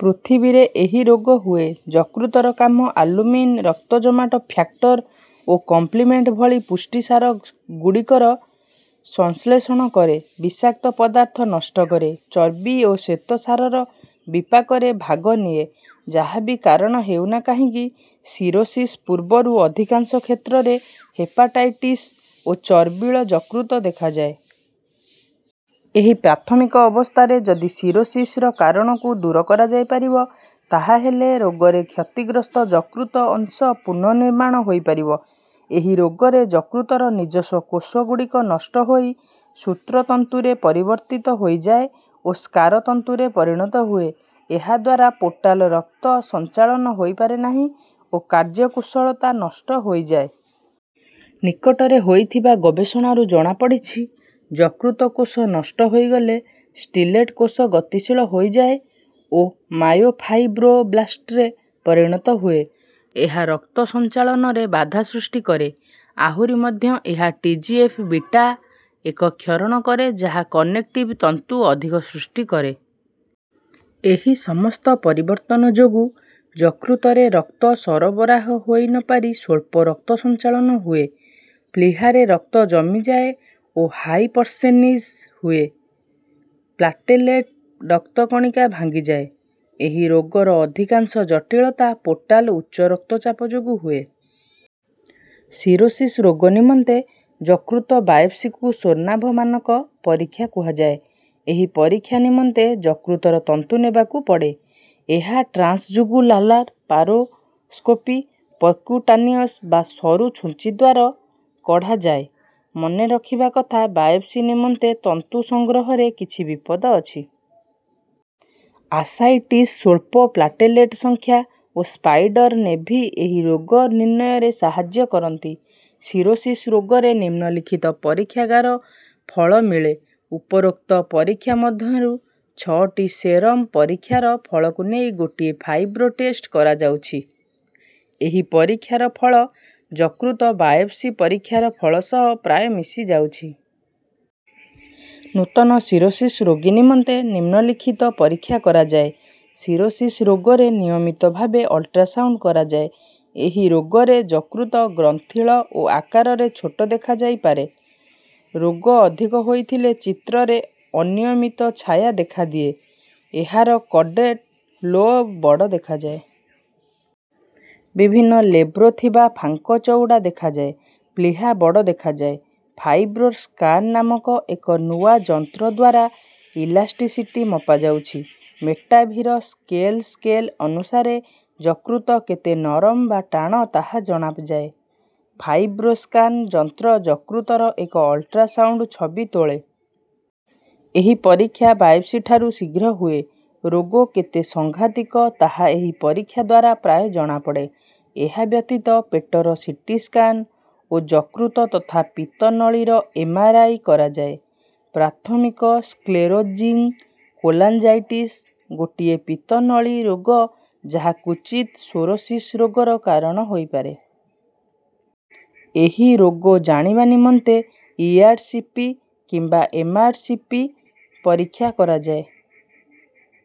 ପୃଥିବୀରେ ଏହି ରୋଗ ହୁଏ। ଯକୃତର କାମ ଆଲ୍ବୁମିନ୍ ରକ୍ତ ଜମାଟ ଫ୍ୟାକ୍ଟର ଓ କମ୍ପ୍ଲିମେଣ୍ଟ ଭଳି ପୁଷ୍ଟିସାର ଗୁଡିକର ସଂଶ୍ଳେଷଣ କରେ। ବିଷାକ୍ତ ପଦାର୍ଥ ନଷ୍ଟ କରେ। ଚର୍ବି ଓ ଶ୍ୱେତସାରର ବିପାକରେ ଭାଗ ନିଏ। ଯାହା ବି କାରଣ ହେଉ ନା କାହିଁକି ସିରୋସିସ୍ ପୂର୍ବରୁ ଅଧିକାଂଶ କ୍ଷେତ୍ରରେ ହେପାଟାଇଟିସ୍ ଓ ଚର୍ବିଳ ଯକୃତ ଦେଖାଯାଏ। ଏହି ପ୍ରାଥମିକ ଅବସ୍ଥାରେ ଯଦି ସିରୋସିସ୍ କାରଣକୁ ଦୂର କରାଯାଇପାରିବ ତାହାହେଲେ ରୋଗରେ କ୍ଷତିଗ୍ରସ୍ତ ଯକୃତ ଅଂଶ ପୁନଃନିର୍ମାଣ ହୋଇପାରିବ। ଏହି ରୋଗରେ ଯକୃତର ନିଜସ୍ୱ କୋଷ ଗୁଡିକ ନଷ୍ଟ ହୋଇ ସୂତ୍ର ତନ୍ତୁରେ ପରିବର୍ତ୍ତିତ ହୋଇଯାଏ ଓ ସ୍କାର ତନ୍ତୁରେ ପରିଣତ ହୁଏ। ଏହାଦ୍ୱାରା ପୋର୍ଟାଲ୍ ରକ୍ତ ସଞ୍ଚାଳନ ହୋଇପାରେ ନାହିଁ ଓ କାର୍ଯ୍ୟ କୁଶଳତା ନଷ୍ଟ ହୋଇଯାଏ। ନିକଟରେ ହୋଇଥିବା ଗବେଷଣାରୁ ଜଣା ପଡ଼ିଛି ଯକୃତ କୋଷ ନଷ୍ଟ ହୋଇଗଲେ ସ୍ଟିଲେଟ କୋଷ ଗତିଶୀଳ ହୋଇଯାଏ ଓ ମାୟୋଫାଇବ୍ରୋବ୍ଲାଷ୍ଟରେ ପରିଣତ ହୁଏ। ଏହା ରକ୍ତ ସଞ୍ଚାଳନରେ ବାଧା ସୃଷ୍ଟି କରେ। ଆହୁରି ମଧ୍ୟ ଏହା ଟି. ଜି. ଏଫ୍. ବିଟା ଏକ କ୍ଷରଣ କରେ ଯାହା କନେକ୍ଟିଭ୍ ତନ୍ତୁ ଅଧିକ ସୃଷ୍ଟି କରେ। ଏହି ସମସ୍ତ ପରିବର୍ତ୍ତନ ଯୋଗୁ ଯକୃତରେ ରକ୍ତ ସରବରାହ ହୋଇ ନ ପାରି ସ୍ୱଳ୍ପ ରକ୍ତ ସଞ୍ଚାଳନ ହୁଏ। ପ୍ଲିହାରେ ରକ୍ତ ଜମିଯାଏ ଓ ହାଇପର୍ଷେନିଜ୍ମ୍ ହୁଏ। ପ୍ଲାଟେଲେଟ ରକ୍ତ କଣିକା ଭାଙ୍ଗିଯାଏ। ଏହି ରୋଗର ଅଧିକାଂଶ ଜଟିଳତା ପୋର୍ଟାଲ ଉଚ୍ଚ ରକ୍ତ ଚାପ ଯୋଗୁ ହୁଏ। ସିରୋସିସ୍ ରୋଗ ନିମନ୍ତେ ଯକୃତ ବାୟୋପ୍ସିକୁ ସ୍ୱର୍ଣ୍ଣାଭ ମାନକ ପରିକ୍ଷା କୁହାଯାଏ। ଏହି ପରିକ୍ଷା ନିମନ୍ତେ ଯକୃତର ତନ୍ତୁ ନେବାକୁ ପଡେ। ଏହା ଟ୍ରାନ୍ସଜୁଗୁଲଲାପାରୋସ୍କୋପି ପର୍କ୍ୟୁଟାନିଅସ୍ ବା ସରୁ ଛୁଞ୍ଚି ଦ୍ୱାର କଢାଯାଏ। ମନେ ରଖିବା କଥା ବାୟୋପ୍ସି ନିମନ୍ତେ ତନ୍ତୁ ସଂଗ୍ରହରେ କିଛି ବିପଦ ଅଛି। ଆସାଇଟିସ୍ ସ୍ୱଳ୍ପ ପ୍ଲାଟେଲେଟ ସଂଖ୍ୟା ଓ ସ୍ପାଇଡର ନେଭି ଏହି ରୋଗ ନିର୍ଣ୍ଣୟରେ ସାହାଯ୍ୟ କରନ୍ତି। ସିରୋସିସ୍ ରୋଗରେ ନିମ୍ନଲିଖିତ ପରୀକ୍ଷାଗାର ଫଳ ମିଳେ। ଉପରୋକ୍ତ ପରୀକ୍ଷା ମଧ୍ୟରୁ ଛଅଟି ସେରମ୍ ପରୀକ୍ଷାର ଫଳକୁ ନେଇ ଗୋଟିଏ ଫାଇବ୍ରୋ ଟେଷ୍ଟ କରାଯାଉଛି। ଏହି ପରୀକ୍ଷାର ଫଳ ଯକୃତ ବାୟୋପ୍ସି ପରୀକ୍ଷାର ଫଳ ସହ ପ୍ରାୟ ମିଶି ଯାଉଛି। ନୂତନ ସିରୋସିସ୍ ରୋଗୀ ନିମନ୍ତେ ନିମ୍ନ ଲିଖିତ ପରୀକ୍ଷା କରାଯାଏ। ସିରୋସିସ୍ ରୋଗରେ ନିୟମିତ ଭାବେ ଅଲ୍ଟ୍ରାସାଉଣ୍ଡ କରାଯାଏ। ଏହି ରୋଗରେ ଯକୃତ ଗ୍ରନ୍ଥିଳ ଓ ଆକାରରେ ଛୋଟ ଦେଖାଯାଇ ପାରେ। ରୋଗ ଅଧିକ ହୋଇଥିଲେ ଚିତ୍ରରେ ଅନିୟମିତ ଛାୟା ଦେଖାଦିଏ। ଏହାର କଡେଡ଼ ଲୋବ୍ ବଡ ଦେଖାଯାଏ। ବିଭିନ୍ନ ଲେବ୍ରୋ ଥିବା ଫାଙ୍କ ଚଉଡା ଦେଖାଯାଏ। ପ୍ଲିହା ବଡ ଦେଖାଯାଏ। ଫାଇବ୍ରୋ ସ୍କାନ ନାମକ ଏକ ନୂଆ ଯନ୍ତ୍ରଦ୍ୱାରା ଇଲାସ୍ଟିସିଟି ମପାଯାଉଛି। ମେଟାଭିର ସ୍କେଲ ସ୍କେଲ୍ ଅନୁସାରେ ଯକୃତ କେତେ ନରମ ବା ଟାଣ ତାହା ଜଣାଯାଏ। ଫାଇବ୍ରୋ ସ୍କାନ ଯନ୍ତ୍ର ଯକୃତର ଏକ ଅଲ୍ଟ୍ରାସାଉଣ୍ଡ ଛବି ତୋଳେ। ଏହି ପରିକ୍ଷା ବାୟୋପ୍ସି ଠାରୁ ଶୀଘ୍ର ହୁଏ। ରୋଗ କେତେ ସଂଘାତିକ ତାହା ଏହି ପରୀକ୍ଷାଦ୍ୱାରା ପ୍ରାୟ ଜଣାପଡେ। ଏହା ବ୍ୟତିତ ପେଟର ସି. ଟି. ସ୍କାନ୍ ଓ ଯକୃତ ତଥା ପିତ୍ତ ନଳୀର ଏମ୍. ଆର୍. ଆଇ. କରାଯାଏ। ପ୍ରାଥମିକ ସ୍କ୍ଲେରୋଜିଙ୍ଗ କୋଲାଞ୍ଜାଇଟିସ୍ ଗୋଟିଏ ପିତ୍ତ ନଳୀ ରୋଗ ଯାହା କ୍ୱଚିତ ସୋରୋସିସ୍ ରୋଗର କାରଣ ହୋଇପାରେ। ଏହି ରୋଗ ଜାଣିବା ନିମନ୍ତେ ଇ. ଆର୍. ସି. ପି. କିମ୍ବା ଏମ୍. ଆର୍. ସି. ପି. ପରୀକ୍ଷା କରାଯାଏ